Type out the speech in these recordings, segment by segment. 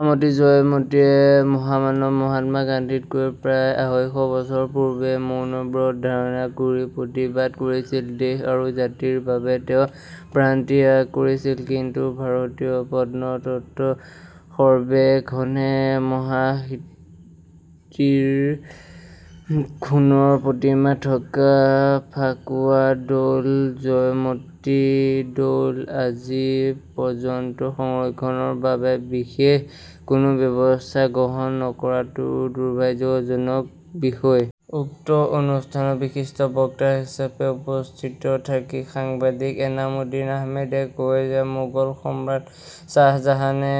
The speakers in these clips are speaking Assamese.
মহাসতী জয়মতীয়ে মহামানৱ মহাত্মা গান্ধীতকৈ প্ৰায় আঢ়ৈশ বছৰৰ পূৰ্বেই মৌন ব্ৰত ধাৰণ কৰি প্ৰতিবাদ কৰিছিল। দেশ আৰু জাতিৰ বাবে তেওঁ প্ৰাণত্যাগ কৰিছিল। কিন্তু ভাৰতীয় প্ৰত্নতত্ত্ব সৰ্বেক্ষণে মহাসতীৰ সোণৰ প্ৰতিমা থকা ফাকুৱা দৌল জয়মতী দৌল আজি পৰ্যন্ত সংৰক্ষণৰ বাবে বিশেষ কোনো ব্যৱস্থা গ্ৰহণ নকৰাটো দুৰ্ভাগ্যজনক বিষয়। উক্ত অনুষ্ঠানত বিশিষ্ট বক্তা হিচাপে উপস্থিত থাকি সাংবাদিক এনামুদ্দিন আহমেদে কয় যে মোগল সম্ৰাট শ্বাহজাহানে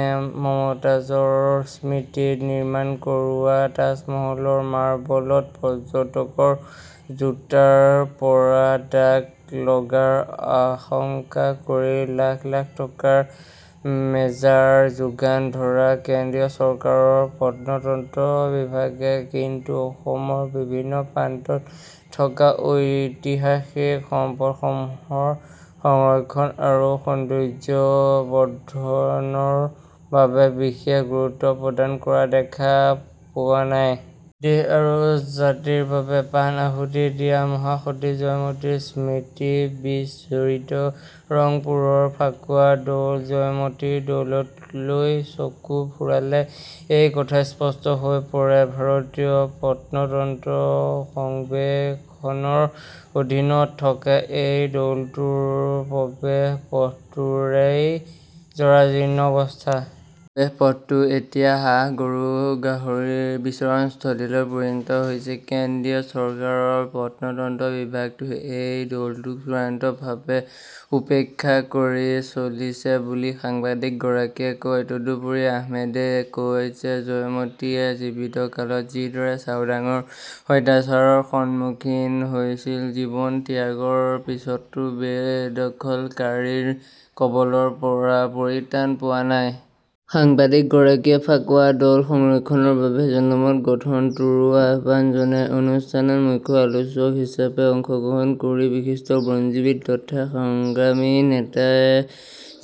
মমতাজৰ স্মৃতিত নিৰ্মাণ কৰোৱা তাজমহলৰ মাৰ্বলত পৰ্যটকৰ জোতাৰ পৰা দাগ লগাৰ আশংকা কৰি লাখ লাখ টকাৰ মেজাৰ যোগান ধৰা কেন্দ্ৰীয় চৰকাৰৰ প্ৰত্নতত্ত্ব বিভাগে কিন্তু অসমৰ বিভিন্ন প্ৰান্তত থকা ঐতিহাসিক সম্পদসমূহৰ সংৰক্ষণ আৰু সৌন্দৰ্যবৰ্ধনৰ বাবে বিশেষ গুৰুত্ব প্ৰদান কৰা দেখা পোৱা নাই। দেশ আৰু জাতিৰ বাবে প্ৰাণ আহুতি দিয়া মহাসতী জয়মতীৰ স্মৃতিবিজড়িত ৰংপুৰৰ ফাকুৱা দৌল জয়মতী দৌললৈ চকু ফুৰালে এই কথা স্পষ্ট হৈ পৰে। ভাৰতীয় প্ৰত্নতত্ত্ব সৰ্বেক্ষণৰ অধীনত থকা এই দৌলটোৰ প্ৰৱেশ পথটোৰেই জৰাজীৰ্ণ অৱস্থা। প্ৰৱেশ পথটো এতিয়া হাঁহ, গৰু, গাহৰিৰ বিচৰণস্থলীলৈ পৰিণত হৈছে। কেন্দ্ৰীয় চৰকাৰৰ প্ৰত্নতত্ত্ব বিভাগটোৱে এই দৌলটোক চূড়ান্তভাৱে উপেক্ষা কৰি চলিছে বুলি সাংবাদিকগৰাকীয়ে কয়। তদুপৰি আহমেদে কয় যে জয়মতীয়ে জীৱিত কালত যিদৰে চাওদাঙৰ অত্যাচাৰৰ সন্মুখীন হৈছিল, জীৱন ত্যাগৰ পিছতো বেদখলকাৰীৰ কবলৰ পৰা পৰিত্ৰাণ পোৱা নাই। সাংবাদিকগৰাকীয়ে ফাকুৱা দৌল সংৰক্ষণৰ বাবে জনমত গঠনৰো আহ্বান জনায়। অনুষ্ঠানত মুখ্য আলোচক হিচাপে অংশগ্ৰহণ কৰি বিশিষ্ট বুৰঞ্জীবিদ তথা সংগ্ৰামী নেতা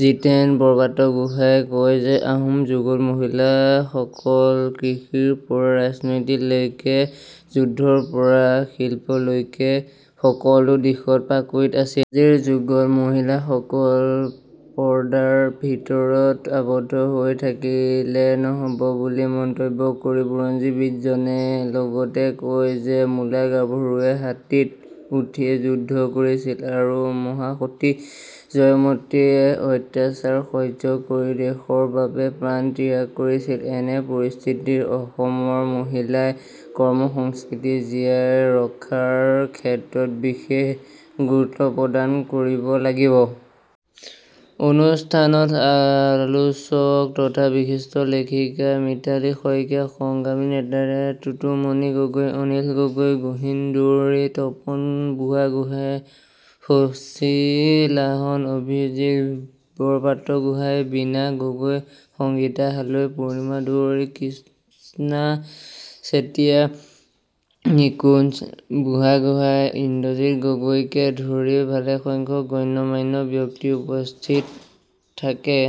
জীতেন বৰপাত্ৰগোহাঁয়ে কয় যে আহোম যুগত মহিলাসকল কৃষিৰ পৰা ৰাজনীতিলৈকে, যুদ্ধৰ পৰা শিল্পলৈকে সকলো দিশত পাকৈত আছিল। আজিৰ যুগত মহিলাসকল পৰ্দাৰ ভিতৰত আবদ্ধ হৈ থাকিলে নহব বুলি মন্তব্য কৰি বুৰঞ্জীবিদজনে লগতে কয় যে মূলাগাভৰুৱে হাতীত উঠি যুদ্ধ কৰিছিল আৰু মহাসতী জয়মতীয়ে অত্যাচাৰ সহ্য কৰি দেশৰ বাবে প্ৰাণ ত্যাগ কৰিছিল। এনে পৰিস্থিতিত অসমৰ মহিলাই কৰ্মসংস্কৃতি জীয়াই ৰখাৰ ক্ষেত্ৰত বিশেষ গুৰুত্ব প্ৰদান কৰিব লাগিব। অনুষ্ঠানত আলোচক তথা বিশিষ্ট লেখিকা মিতালী শইকীয়া, সংগ্ৰামী নেতা টুটুমণি গগৈ, অনিল গগৈ, গহীন দুৱৰী, তপন বুঢ়াগোহাঁই, শশী লাহন, অভিজিৎ বৰপাত্ৰগোহাঁই, বীণা গগৈ, সংগীতা হালৈ, পূৰ্ণিমা দুৱৰী, কৃষ্ণা চেতিয়া, নিকুঞ্জ বুঢ়াগোহাঁই, ইন্দ্ৰজিৎ গগৈকে ধৰি ভালেসংখ্যক গণ্যমান্য ব্যক্তি উপস্থিত থাকে।